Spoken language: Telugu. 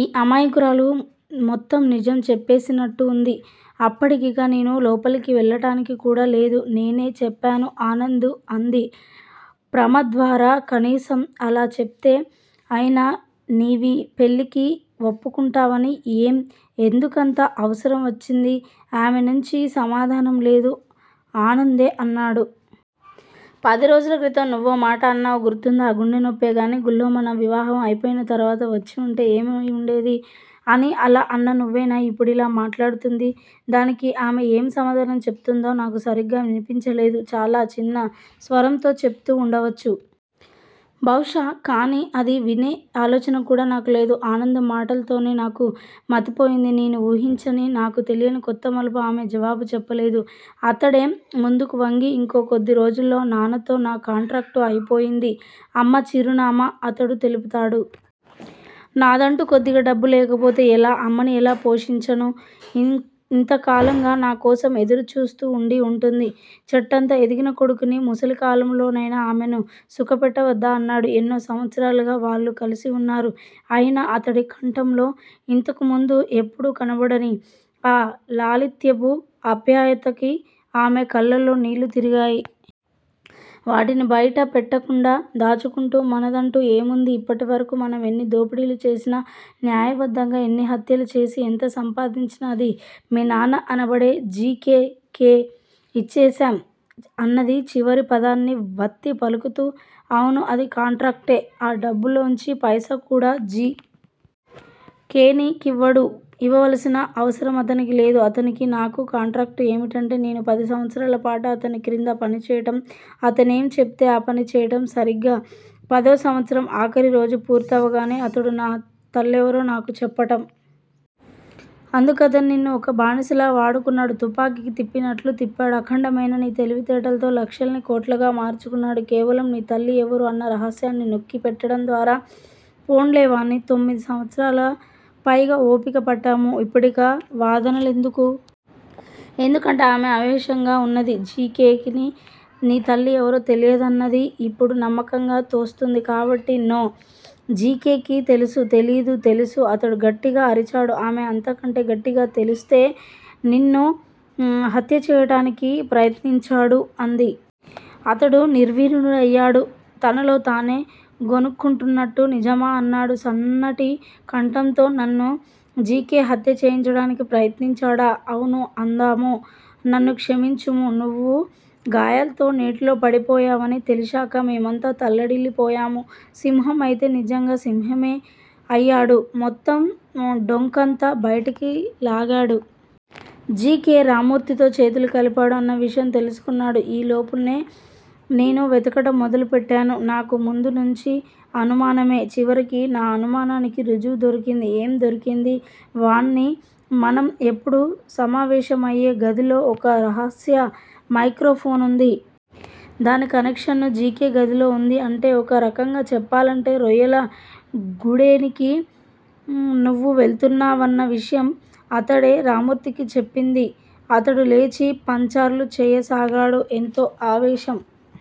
ఈ అమాయకురాలు మొత్తం నిజం చెప్పేసినట్టూ వుంది. అప్పుడికి ఇగ నేను లోపలికి వెళ్ళటానికి కూడా లేదు. నేనే చెప్పాను ఆనంద్ అంది ప్రమద్వర. కనీసం అలా చెప్తే అయినా నీవీ పెళ్ళికి వప్పుకుంటావని ఏం? ఎందుకంత అవసరం వచ్చింది? ఆమె నుంచి సమాధానం లేదు. ఆనందే అన్నాడు. పది రోజుల క్రితం నువ్వోమాట అన్నావు గుర్తుందా? గుండె నొప్పే గానీ గుళ్ళో మన వివాహం అయిపోయిన తరువాత వచ్చివుంటే ఏమై వుండేది? అని అలా అన్న నువ్వేనా ఇప్పుడిలా మాట్లాడుతూంది? దానికి ఆమె ఏం సమాధానం చెపుతూందో నాకు సరిగ్గా వినిపించలేదు. చాలా చిన్న స్వరంతో చెపుతూ వుండవచ్చు. బహుశా కానీ అది వినే ఆలోచన కూడా నాకు లేదు. ఆనంద్ మాటల్తోనే నాకు మతిపోయింది నేను వూహించని, నాకు తెలియని కొత్త మలుపు ఆమె జవాబు చెప్పలేదు. అతడేమ్ ముందుకు వంగి, ఇంకో కొద్ది రోజుల్లో నాన్నతో నా కాంట్రాక్టు అయిపోయింది. అమ్మ చిరునామా అతడు తెలుపుతాడు. నాదంటూ కొద్దిగా డబ్బు లేకపోతే ఎలా! అమ్మని ఎలా పోషించను! ఇ ఇంత కాలంగా నా కోసం ఎదురుచూస్తూ వుండి ఉంటుంది. చెట్టంత ఎదిగిన కొడుకుని! ముసలి కాలంలో నైనా ఆమెను సుఖపెట్టవద్దా? అన్నాడు. ఎన్నో సంవత్సరాలుగా వాళ్ళు కలిసివున్నారు. అయినా అతడి కంఠంలో ఇంతకుముందు ఎప్పుడూ కనపడని ఆ లాలిత్యపు ఆప్యాయతకి ఆమె కళ్ళల్లో నీళ్ళు తిరిగాయి. వాటిని బయట పెట్టకుండా దాచుకుంటూ, మనదంటూ ఏముంది? ఇప్పటివరకూ మనం ఎన్ని దోపిడీలు చేసినా, న్యాయబద్ధంగా ఎన్ని హత్యలు చేసి ఎంత సంపాదించినా అది మీ నాన్న అనబడే జి. కే. కే ఇచ్చేసామ్ అన్నది చివరి పదాన్ని వత్తి పలుకుతూ. అవును. అదీ కాంట్రాక్టే ఆ డబ్బులోంచి పైసా కూడా జి. కే. నీ కివ్వడు ఇవ్వవలసిన అవసరం అతనికి లేదు. అతనికీ నాకూ కాంట్రాక్టు ఏమిటంటే- నేను పది సంవత్సరాల పాట అతని క్రింద పనిచేయటం- అతనేం చెపితే ఆ పనిచేయడం - సరీగా పదో సంవత్సరం ఆఖరి రోజు పూర్తవగానే అతడు నా తల్లెవరో నాకు చెప్పటం. అందుకతను నిన్ను ఒక బానిసలగా వాడుకున్నాడు. తుపాకికి తిప్పినట్లు తిప్పాడు. అఖండమైన నీ తెలివితేటల్తో లక్షల్ని కోట్లుగా మార్చుకున్నాడు. కేవలం, నీ తల్లి ఎవరు, అన్న రహస్యాన్ని నొక్కి పెట్టటం ద్వారా- పోన్లే వాణి, తొమ్మిది సంవత్సరాల పైగా ఓపిక పట్టాము. ఇప్పుడిక వాదన లెందుకు? ఎందుకంటే ఆమె ఆవేశంగా వున్నది. జి. కె. కి నీ నితల్లి ఎవరో తెలియదన్నది ఇప్పుడు నమ్మకంగా తోస్తూంది కాబట్టి నో జి. కె. కి తెలుసు. తెలీదు, తెలుసు అతడు గట్టిగా అరిచాడు. ఆమె అంతకంటే గట్టిగా తెలుస్తే నిన్ను హత్యచేయించటానికి ప్రయత్నించడు అంది. అతడు నిర్విణ్ణుడయ్యాడు. తనలో తానే గొణుక్కుంటున్నట్టు నిజమా అన్నాడు సన్నటి కంఠంతో నన్ను జి. కె. హత్య చేయించడానికి ప్రయత్నించాడా? అవును అందామో. నన్ను క్షమించుము. నువ్వు గాయాల్తో నీటిలో పడిపోయావని తెలిశాక మేమంతా తల్లడిల్లిపోయాము. సింహం అయితే నిజంగా సింహమే అయ్యాడు. మొత్తం డొంకంతా బయటికి లాగాడు. జి. కే. రామ్మూర్తితో చేతులు కలిపాడు అన్న విషయం తెలుసుకున్నాడు. ఈ లోపుల్ నే నేను వెతకటం మొదలుపెట్టాను. నాకు ముందు నుంచీ అనుమానమే- చివరికి నా అనుమానానికి ఋజువు దొరికింది. ఏం దొరికింది వాణి మనం ఎప్పుడూ సమావేశమయ్యే గదిలో ఒక రహస్య మైక్రో ఫోను వుంది. దాని కనెక్షను జి. కే. గదిలో వుంది. అంటే- ఒక రకంగా చెప్పాలంటే రొయ్యల గూడేరికి నువ్వు వెళుతున్నావన్న విషయం అతడే రామ్మూర్తికి చెప్పింది. అతడు లేచి పంచార్లు చేయ సాగాడు. ఎంతో ఆవేశం